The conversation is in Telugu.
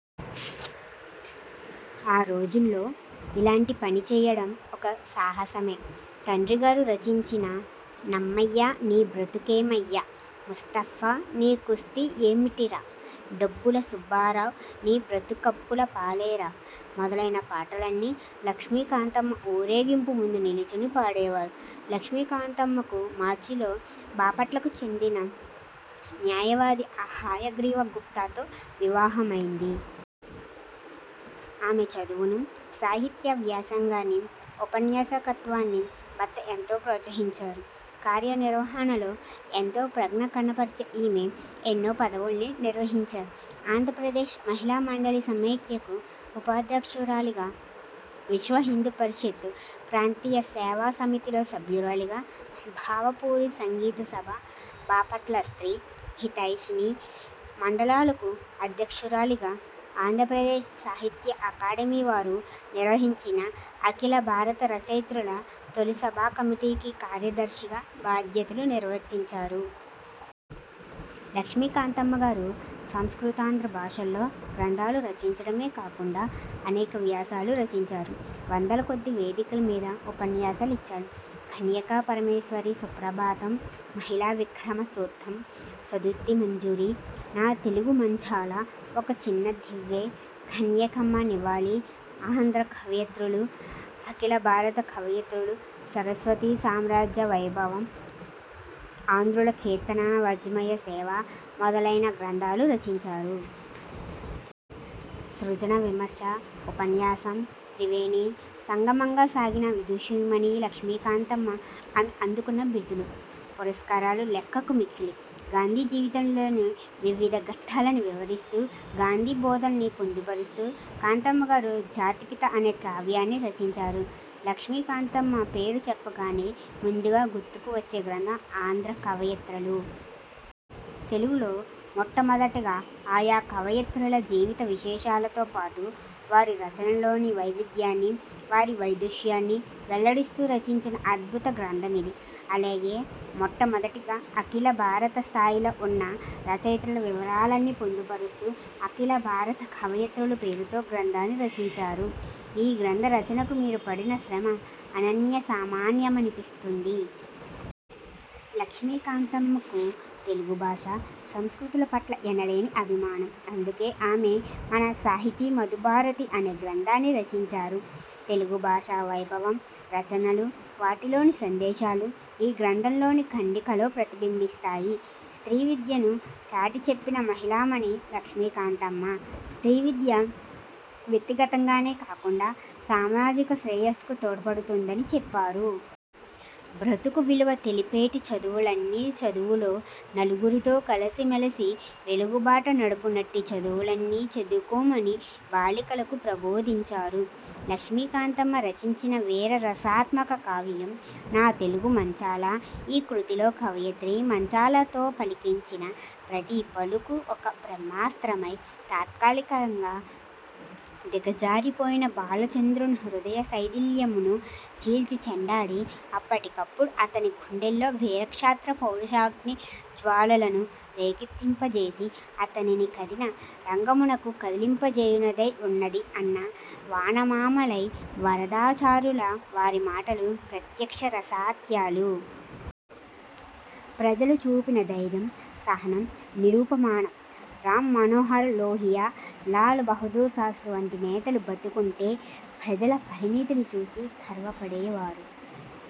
ఆ రోజుల్లో ఇలాంటి పని చేయడం ఒక సాహసమే. తండ్రిగారు రచించిన 'నమ్మయ్యా నీ బ్రతుకమ్మెయ్యా', 'ముస్తఫా నీ కుస్తీ ఏమిటిరా', 'డప్పుల సుబ్బారావు నీ బ్రతుకప్పుల పాలేరా' మొదలైన పాటలన్నీ లక్ష్మీకాంతమ్మ ఊరేగింపు ముందు నిలుచుని పాడేవారు. లక్ష్మీకాంతమ్మకు మార్చిలో బాపట్లకు చెందిన న్యాయవాది హయగ్రీవ గుప్తాతో వివాహమైంది. ఆమె చదువును, సాహిత్య వ్యాసంగాన్ని, ఉపన్యాసకత్వాన్ని భర్త ఎంతో ప్రోత్సహించారు. కార్యనిర్వహణలో ఎంతో ప్రజ్ఞ కనపరచే ఈమె ఎన్నో పదవుల్ని నిర్వహించారు. ఆంధ్రప్రదేశ్ మహిళా మండలి సమాఖ్యకు ఉపాధ్యక్షురాలిగా, విశ్వహిందూ పరిషత్ ప్రాంతీయ సేవా సమితిలో సభ్యురాలిగా, భావపురి సంగీత సభ, బాపట్ల స్ర్తీ హితైషిణి మండలులకు అధ్యక్షురాలిగా, ఆంధ్రప్రదేశ్ సాహిత్య అకాడమీ వారు నిర్వహించిన అఖిల భారత రచయిత్రుల తొలి సభా కమిటీకి కార్యదర్శిగా బాధ్యతలు నిర్వర్తించారు. లక్ష్మీకాంతమ్మగారు సంస్కృతాంధ్ర భాషల్లో గ్రంథాలు రచించడమే కాకుండా అనేక వ్యాసాలు రచించారు. వందలకొద్దీ వేదికల మీద ఉపన్యాసాలిచ్చారు. కన్యకాపరమేశ్వరీ సుప్రభాతం, మహిళా విక్రమ సూక్తం, సదుక్తి మంజరి, నా తెలుగు మాంచాల, ఒక చిన్న దివ్వె, కన్యకమ్మ నివాళి, ఆంధ్ర కవయిత్రులు, అఖిల భారత కవయిత్రులు, సరస్వతీ సామ్రాజ్య వైభవం, ఆంధ్రుల కీర్తన వాఙ్మయ సేవ మొదలైన గ్రంథాలు రచించారు. సృజన, విమర్శ, ఉపన్యాసం త్రివేణి సంగమంగా సాగిన విదుషీమణి లక్ష్మీకాంతమ్మ. అందుకున్న బిరుదులు, పురస్కారాలు లెక్కకు మిక్కిలి. గాంధీ జీవితంలోని వివిధ ఘట్టాల్ని వివరిస్తూ గాంధీ బోధనల్ని పొందుపరుస్తూ కాంతమ్మగారు 'జాతిపిత' అనే కావ్యాన్ని రచించారు. లక్ష్మీకాంతమ్మ పేరు చెప్పగానే ముందుగా గుర్తుకు వచ్చే గ్రంథం ఆంధ్ర కవయిత్రులు. తెలుగులో మొట్టమొదటగా ఆయా కవయిత్రుల జీవిత విశేషాలతోపాటు, వారి రచనల్లోని వైవిధ్యాన్ని, వారి వైదుష్యాన్ని వెల్లడిస్తూ రచించిన అద్భుత గ్రంథమిది. అలాగే మొట్టమొదటగా అఖిల భారత స్థాయిలో ఉన్న రచయిత్రుల వివరాల్ని పొందుపరస్తూ అఖిల భారత కవయిత్రులు పేరుతో గ్రంథాన్ని రచించారు. ఈ గ్రంథ రచనకు వీరు పడిన శ్రమ అనన్య సామాన్యమనిపిస్తుంది. లక్ష్మీకాంతమ్మకు తెలుగు భాష, సంస్కృతుల పట్ల ఎనలేని అభిమానం. అందుకే ఆమె, 'మన సాహితి–మధు భారతి' అనే గ్రంథాన్ని రచించారు. తెలుగు భాషా వైభవం, రచనలు, వాటిలోని సందేశాలు, ఈ గ్రంథంలోని ఖండికలో ప్రతిబింబిస్తాయి. స్త్రీ విద్యను చాటి చెప్పిన మహిళామణి లక్ష్మీకాంతమ్మ. స్ర్తీ విద్య వ్యక్తిగతంగానే కాకుండా సామాజిక శ్రేయస్సుకూ తోడ్పడుతుందని చెప్పారు. ''బ్రతుకు విలువ తెలిపేటి–చదువులన్ని చదువులో–నలుగురితో కలిసిమెలసి–వెలుగు బాట నడుపునట్టి'' చదువులన్నీ చదువుకోమని బాలికలకు ప్రబోధించారు. లక్ష్మీకాంతమ్మ రచించిన వీర రసాత్మక కావ్యం 'నా తెలుగు మాంచాల'. ''ఈ కృతిలో కవయిత్రి మాంచాలతో పలికించిన ప్రతి పలుకూ ఒక బ్రహ్మాస్త్రమై, తాత్కాలికంగా దిగజారిపోయిన బాలచంద్రుని హృదయ శైథిల్యమును చీల్చిచెండాడి, అప్పటికప్పుడు అతని గుండెల్లో వీరక్షాత్ర పౌరుషాగ్ని జ్వాలలను రేకెత్తింపజేసి అతనిని కదిన రంగమునకు కదలింపజేయునదై ఉన్నది,'' అన్న వానమామలై వరదాచార్యుల వారి మాటలు ప్రత్యక్షరసత్యాలు. ప్రజలు చూపిన ధైర్యం సహనం నిరుపమానం. రాంమనోహర్ లోహియా, లాల్ బహదూర్ శాస్ర్తి వంటి నేతలు బతికుంటే ప్రజల పరిణతిని చూసి గర్వపడే వారు.